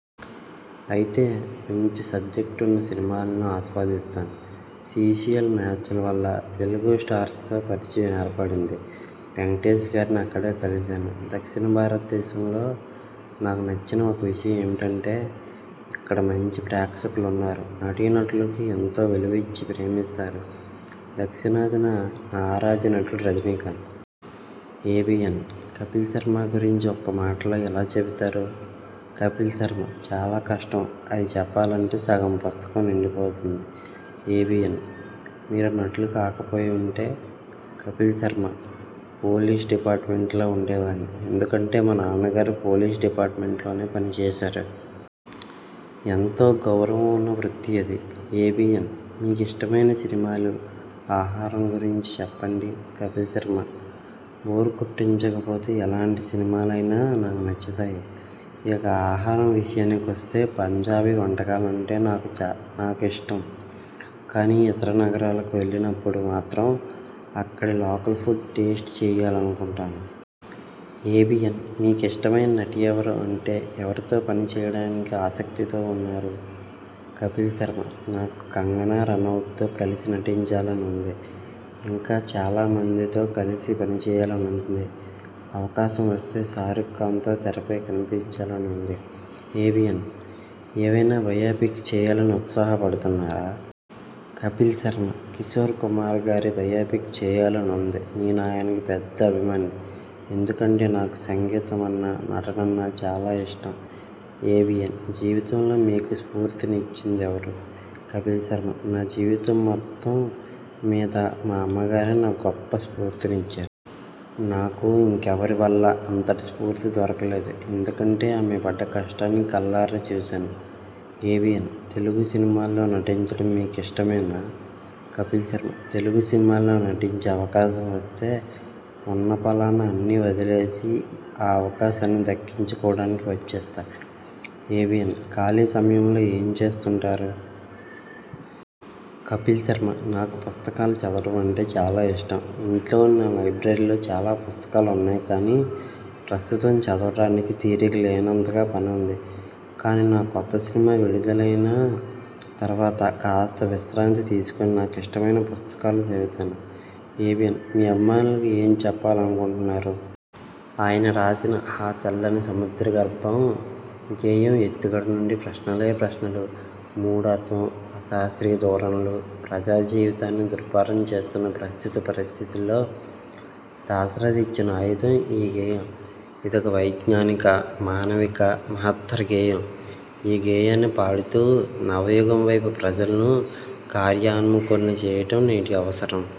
అయితే, మంచి సబ్జెక్ట్ ఉన్న సినిమాలను ఆస్వాదిస్తాను. సీసీఎల్ మ్యాచ్ల వల్ల తెలుగు స్టార్స్తో పరిచయం ఏర్పడింది. వెంకటేశ్గారిని అక్కడే కలిశాను. దక్షిణ భారతదేశంలో నాకు నచ్చిన ఒక విషయం ఏమిటంటే, ఇక్కడ మంచి ప్రేక్షకులున్నారు. నటీనటులకు ఎంతో విలువ ఇచ్చి ప్రేమిస్తారు. దక్షిణాదిన నా ఆరాధ్యనటుడు రజనీకాంత్. ఏబీఎన్: కపిల్ శర్మ గురించి ఒక్క మాటలో ఎలా చెబుతారు? కపిల్ శర్మ: చాలా కష్టం. అది చెప్పాలంటే సగం పుస్తకం నిండిపోతుంది. ఏబీఎన్: మీరు నటులు కాకపోయి ఉంటే? కపిల్ శర్మ: పోలీస్ డిపార్ట్మెంట్లో ఉంటేవాడిని. ఎందుకంటే, మా నాన్నగారు పోలీస్ డిపార్ట్మెంట్లోనే పనిచేశారు. ఎంతో గౌరవం ఉన్న వృత్తి అది. ఏబీఎన్: మీకు ఇష్టమైన సినిమాలు, ఆహారం గురించి చెప్పండి కపిల్ శర్మ: బోర్ కొట్టించకపోతే ఎలాంటి సినిమాలైనా నాకు నచ్చుతాయి. ఇక ఆహారం విషయానికొస్తే పంజాబీ వంటకాలంటే నాకు ఇష్టం. కానీ, ఇతర నగరాలకు వెళ్ళినప్పుడు మాత్రం అక్కడి లోకల్ ఫుడ్ టేస్ట్ చెయ్యాలనుకుంటాను. ఏబీఎన్: మీకు ఇష్టమైన నటి ఎవరు? అంటే, ఎవరితో పనిచేయడానికి ఆసక్తితో ఉన్నారు? కపిల్ శర్మ: నాకు కంగనా రనౌత్తో కలసి నటించాలని ఉంది. ఇంకా చాలామందితో కలసి పనిచెయ్యాలని ఉందిగానీ, అవకాశం వస్తే షారుఖ్ ఖాన్తో తెరపై కనిపించాలని ఉంది. ఏబీఎన్: ఏవైనా బయోపిక్స్ చేయాలని ఉత్సాహపడుతున్నారా? కపిల్ శర్మ: కిశోర్కుమార్ గారి బయోపిక్ చేయాలని ఉంది. నేను ఆయనకు పెద్ద అభిమానిని. ఎందుకంటే నాకు సంగీతమన్నా, నటనన్నా చాలా ఇష్టం. ఏబీఎన్: జీవితంలో మీకు స్ఫూర్తినిచ్చింది ఎవరు? కపిల్ శర్మ: నా జీవితం మొత్తం మీద మా అమ్మగారే నాకు గొప్ప స్ఫూర్తినిచ్చారు. నాకు ఇంకెవరి వల్లా అంతటి స్ఫూర్తి దొరకదు. ఎందుకంటే ఆమె పడ్డ కష్టాన్ని కళ్ళారా చూశాను. ఏబీఎన్: తెలుగు సినిమాల్లో నటించడం మీకిష్టమేనా? కపిల్ శర్మ: తెలుగు సినిమాల్లో నటించే అవకాశం వస్తే ఉన్నపళాన అన్నీ వదిలేసి ఆ అవకాశాన్ని దక్కించుకోవడానికి వచ్చేస్తా ఏబీఎన్: ఖాళీ సమయంలో ఏం చేస్తుంటారు? కపిల్ శర్మ: నాకు పుస్తకాలు చదవడమంటే చాలా ఇష్టం. ఇంట్లోని నా లైబ్రరీలో చాలా పుస్తకాలు ఉన్నాయి గానీ, ప్రస్తుతం చదవడానికి తీరిక లేనంతగా పని ఉంది. కానీ, నా కొత్త సినిమా విడుదలైన తర్వాత కాస్త విశ్రాంతి తీసుకుని నాకిష్టమైన పుస్తకాలు చదువుతాను. ఏబీఎన్: మీ అభిమానులకు ఏం చెప్పాలనుకుంటున్నారు? ఆయన రాసిన 'ఆ చల్లని సముద్ర గర్భం' గేయం ఎత్తుగడ నుండీ ప్రశ్నలే ప్రశ్నలు! మూఢత్వం, అశాస్ర్తీయ ధోరణులు ప్రజాజీవితాన్ని దుర్భరం చేస్తున్న ప్రస్తుత పరిస్థితుల్లో దాశరథి ఇచ్చిన ఆయుధం ఈ గేయం. ఇదొక వైజ్ఞానిక, మానవీయ, మహత్తర గేయం. ఈ గేయాన్ని పాడుతూ, నవయుగం వైపు ప్రజలను కార్యోన్ముఖుల్ని చేయటం నేటి అవసరం.